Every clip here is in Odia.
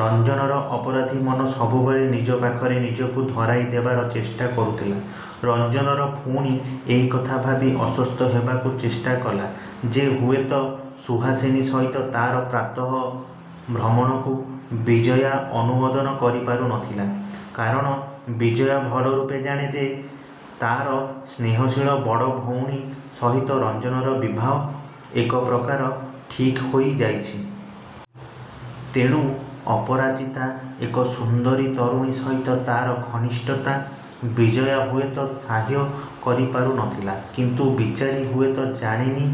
ରଞ୍ଜନର ଅପରାଧୀ ମନ ସବୁବେଳେ ନିଜ ପାଖରେ ନିଜକୁ ଧରାଇ ଦେବାର ଚେଷ୍ଟା କରୁଥିଲା। ରଞ୍ଜନର ପୁଣି ଏଇକଥା ଭାବି ଅଶ୍ଵସ୍ତ ହେବାକୁ ଚେଷ୍ଟା କଲା ଯେ ହୁଏତ ସୁହାସିନୀ ସହିତ ତା'ର ପ୍ରାତଃ ଭ୍ରମଣକୁ ବିଜୟା ଅନୁମୋଦନ କରିପାରୁ ନ ଥିଲା। କାରଣ ବିଜୟା ଭଲ ରୂପେ ଜାଣେ ଯେ ତା'ର ସ୍ନେହଶୀଳ ବଡ଼ ଭଉଣୀ ସହିତ ରଞ୍ଜନର ବିବାହ ଏକ ପ୍ରକାର ଠିକ ହୋଇ ଯାଇଚି। ତେଣୁ ଅପରିଚିତା ଏକ ସୁନ୍ଦରୀ ତରୁଣୀ ସହିତ ତା'ର ଘନିଷ୍ଠତା ବିଜୟା ହୁଏତ ସହ୍ୟ କରି ପାରୁ ନ ଥିଲା। କିନ୍ତୁ ବିଚାରି ହୁଏତ ଜାଣେନି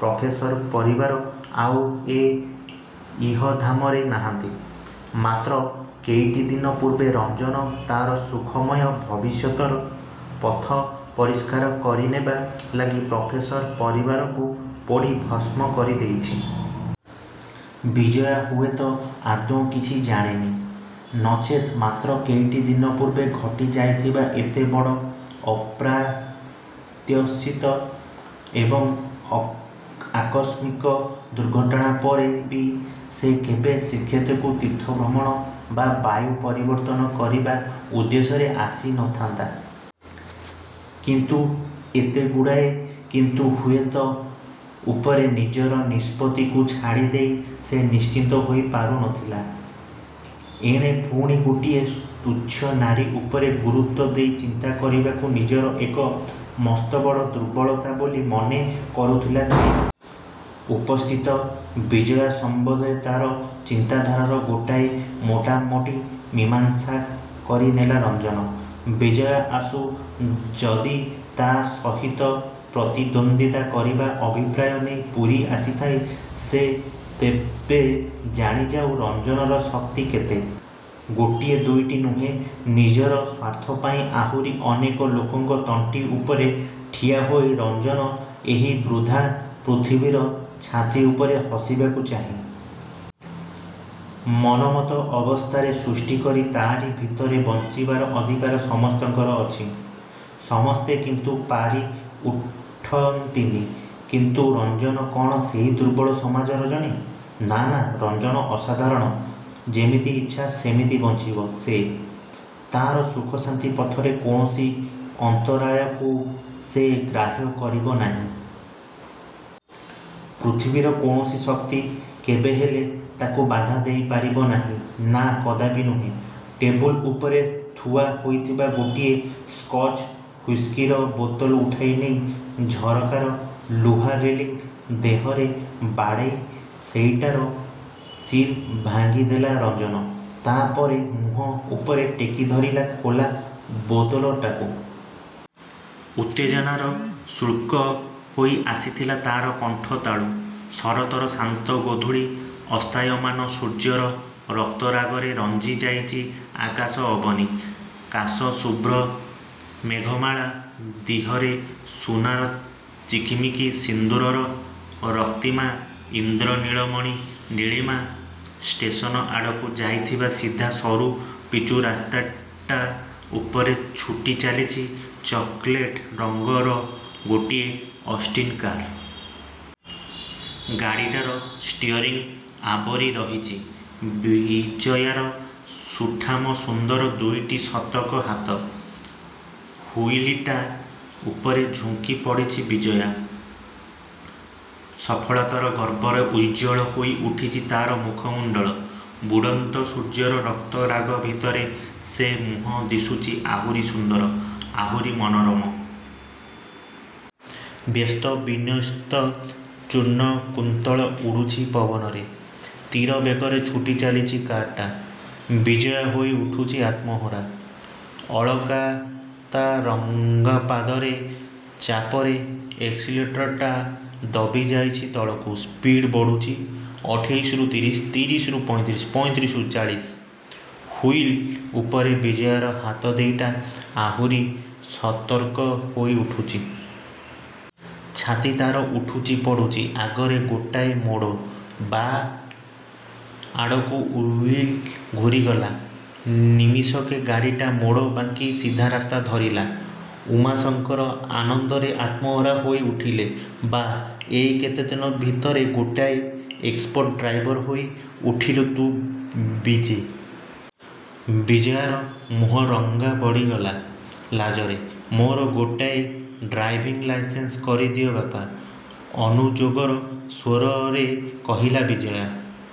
ପ୍ରଫେସର ପରିବାର ଆଉ ଏ ଇହଧାମରେ ନାହାନ୍ତି। ମାତ୍ର କେଇଟିଦିନ ପୂର୍ବେ ରଞ୍ଜନ ତା'ର ସୁଖମୟ ଭବିଷ୍ୟତର ପଥ ପରିଷ୍କାର କରି ନେବା ଲାଗି ପ୍ରଫେସର ପରିବାରକୁ ପୋଡ଼ି ଭସ୍ମ କରି ଦେଇଚି। ବିଜୟା ହୁଏତ ଆଦୌ କିଛି ଜାଣେନି। ନଚେତ ମାତ୍ର କେଇଟି ଦିନ ପୂର୍ବେ ଘଟି ଯାଇଥିବା ଏତେ ବଡ଼ ଅପ୍ରତ୍ୟାଶିତ ଏବଂ ଆକସ୍ମିକ ଦୁର୍ଘଟଣା ପରେ ବି ସେ କେବେ ଶ୍ରୀକ୍ଷେତ୍ରକୁ ତୀର୍ଥ ଭ୍ରମଣ ବା ବାୟୁ ପରିବର୍ତ୍ତନ କରିବା ଉଦ୍ଦେଶ୍ୟରେ ଆସି ନ ଥାନ୍ତା। କିନ୍ତୁ ଏତେ ଗୁଡ଼ାଏ 'କିନ୍ତୁ' 'ହୁଏତ' ଉପରେ ନିଜର ନିଷ୍ପତ୍ତିକୁ ଛାଡ଼ି ଦେଇ ସେ ନିଶ୍ଚିନ୍ତ ହୋଇ ପାରୁ ନ ଥିଲା। ଏଣେ ପୁଣି ଗୋଟିଏ ତୁଚ୍ଛ ନାରୀ ଉପରେ ଗୁରୁତ୍ଵ ଦେଇ ଚିନ୍ତା କରିବାକୁ ନିଜର ଏକ ମସ୍ତବଡ଼ ଦୁର୍ବଳତା ବୋଲି ମନେ କରୁଥିଲା ସେ। ଉପସ୍ଥିତ ବିଜୟା ସମ୍ଵନ୍ଧରେ ତା'ର ଚିନ୍ତାଧାରର ଗୋଟାଏ ମୋଟା ମୋଟି ମୀମାଂସା କରି ନେଲା ରଞ୍ଜନ। ବିଜୟା ଆସୁ, ଯଦି ତା' ସହିତ ପ୍ରତିଦ୍ଵନ୍ଦିତା କରିବା ଅଭିପ୍ରାୟ ନେଇ ପୁରୀ ଆସିଥାଏ ସେ, ତେବେ ଜାଣି ଯାଉ ରଞ୍ଜନର ଶକ୍ତି କେତେ। ଗୋଟିଏ ଦୁଇଟି ନୁହେଁ, ନିଜର ସ୍ଵାର୍ଥ ପାଇଁ ଆହୁରି ଅନେକ ଲୋକଙ୍କ ତଣ୍ଟି ଉପରେ ଠିଆ ହୋଇ ରଞ୍ଜନ ଏଇ ବୃଦ୍ଧା ପୃଥିବୀର ଛାତି ଉପରେ ହସିବାକୁ ଚାହେଁ। ମନୋମତ ଅବସ୍ଥାର ସୃଷ୍ଟି କରି ତା'ରି ଭିତରେ ବଂଚିବାର ଅଧିକାର ସମସ୍ତଙ୍କର ଅଛି। ସମସ୍ତେ କିନ୍ତୁ ପାରି ଉଠନ୍ତିନି। କିନ୍ତୁ ରଞ୍ଜନ କଣ ସେଇ ଦୁର୍ବଳ ସମାଜର ଜଣେ? ନା, ନା, ରଞ୍ଜନ ଅସାଧାରଣ। ଯେମିତି ଇଚ୍ଛା ସେମିତି ବଂଚିବ ସେ। ତା'ର ସୁଖଶାନ୍ତି ପଥରେ କୌଣସି ଅନ୍ତରାୟକୁ ସେ ଗ୍ରାହ୍ୟ କରିବ ନାହିଁ। ପୃଥିବୀର କୌଣସି ଶକ୍ତି କେବେହେଲେ ତାକୁ ବାଧା ଦେଇ ପାରିବ ନାହିଁ। ନା କଦାପି ନୁହେଁ। ଟେବୁଲ ଉପରେ ଥିୁଆ ହୋଇଥିବା ଗୋଟାଏ ସ୍କଚ ହୁଇସ୍କିର ବୋତଲ ଉଠାଇ ନେଇ, ଝରକାର ଲୁହା ରେଲିଂ ଦେହରେ ବାଡ଼େଇ ସେଇଟାର ସିଲ ଭାଙ୍ଗିଦେଲା ରଞ୍ଜନ। ତା' ପରେ ମୁହଁ ଉପରେ ଟେକିଧରିଲା ଖୋଲା ବୋତଲଟାକୁ। ଉତ୍ତେଜନାରେ ଶୁଷ୍କ ହୋଇ ଆସିଥିଲା ତାର କଣ୍ଠ–ତାଳୁ। ଶରତର ଶାନ୍ତ ଗୋଧୁଳି। ଅସ୍ତାୟମାନ ସୂର୍ଯ୍ୟର ରକ୍ତରାଗରେ ରଞ୍ଜି ଯାଇଚି ଆକାଶ–ଅବନୀ। କାଶ–ଶୁଭ୍ର ମେଘମାଳା ଦିହରେ ସୁନାର ଚିକିମିକି। ସିନ୍ଦୁରର ରକ୍ତିମା। ଇନ୍ଦ୍ର ନୀଳମଣିର ନିଳୀମା। ଷ୍ଟେସନ ଆୁଡ଼କୁ ଯାଇଥିବା ସିଧା, ସରୁ ପିଚୁ ରାସ୍ତାଟା ଉପରେ ଛୁଟି ଚାଲିଛି ଚକୋଲେଟ ରଙ୍ଗର ଗୋଟିଏ ଅଷ୍ଟିନ କାର। ଗାଡ଼ିଟାର ଷ୍ଟିୟରିଂ ଆବୋରି ରହିଚି ବିଜୟାର ସୁଠାମ ସୁନ୍ଦର ଦୁଇଟି ସର୍ତକ ହାତ। ହୁଇଲଟା ଉପରେ ଝୁଙ୍କି ପଡ଼ିଛି ବିଜୟା। ସଫଳତାର ଗର୍ବରେ ଉଜ୍ଜ୍ୱଳ ହୋଇ ଉଠିଚି ତା'ର ମୁଖମଣ୍ତଳ। ବୁଡ଼ନ୍ତ ସୂର୍ଯ୍ୟର ରକ୍ତ ରାଗ ଭିତରେ ସେ ମୁହଁ ଦିଶୁଛି ଆହୁରି ସୁନ୍ଦର—ଆହୁରି ମନୋରମ। ବ୍ୟସ୍ତ ବିନ୍ୟସ୍ତ ଚୂର୍ଣ୍ଣକୁନ୍ତଳ ଉଡ଼ୁଛି ପବନରେ। ତୀର ବେଗରେ ଛୁଟି ଚାଲିଛି କାରଟା। ବିଜୟା ହୋଇ ଉଠୁଚି ଆତ୍ମହରା। ଅଳତାରଙ୍ଗା ପାଦର ଚାପରେ ଏକ୍ସିଲରେଟ୍ରଟା ଦବି ଯାଇଛି ତଳକୁ। ସ୍ପିଡ଼୍ ବଢ଼ୁଛି। ଅଠେଇଶିରୁ ତିରିଶି। ତିରିଶିରୁ ପଇଁତିରିଶି। ପଇଁତିରିଶିରୁ ଚାଳିଶ। ହୁଇଲ ଉପରେ ବିଜୟାର ହାତ ଦି'ଟା ଆହୁରି ସତର୍କ ହୋଇ ଉଠୁଚି। ଛାତି ତା'ର ଉଠୁଚି ପଡ଼ୁଚି। ଆଗରେ ଗୋଟାଏ ମୋଡ଼। ବାଁ ଆଡ଼କୁ ହୁଇଲ ଘୂରିଗଲା। ନିମିଷକେ ଗାଡ଼ିଟା ମୋଡ଼ ବାଙ୍କି ସିଧାରାସ୍ତା ଧରିଲା। ଉମାଶଙ୍କର ଆନନ୍ଦରେ ଆତ୍ମହରା ହୋଇ ଉଠିଲେ। "ବାଃ, ଏଇ କେତେଦିନ ଭିତରେ ଗୋଟାଏ ଏକ୍ସପର୍ଟ ଡ୍ରାଇଭର ହେଇ ଉଠିଲୁ ତୁ ବିଜୀ-। '' ବିଜୟାର ମୁହଁ ରଙ୍ଗା ପଡ଼ିଗଲା ଲାଜରେ। "ମୋର ଗୋଟାଏ। ଡ୍ରାଇଭିଂ ଲାଇସେନ୍ସ କରି ଦିଅ ବାପା। '' ଅନୁଯୋଗର ସ୍ଵରରେ କହିଲା ବିଜୟା।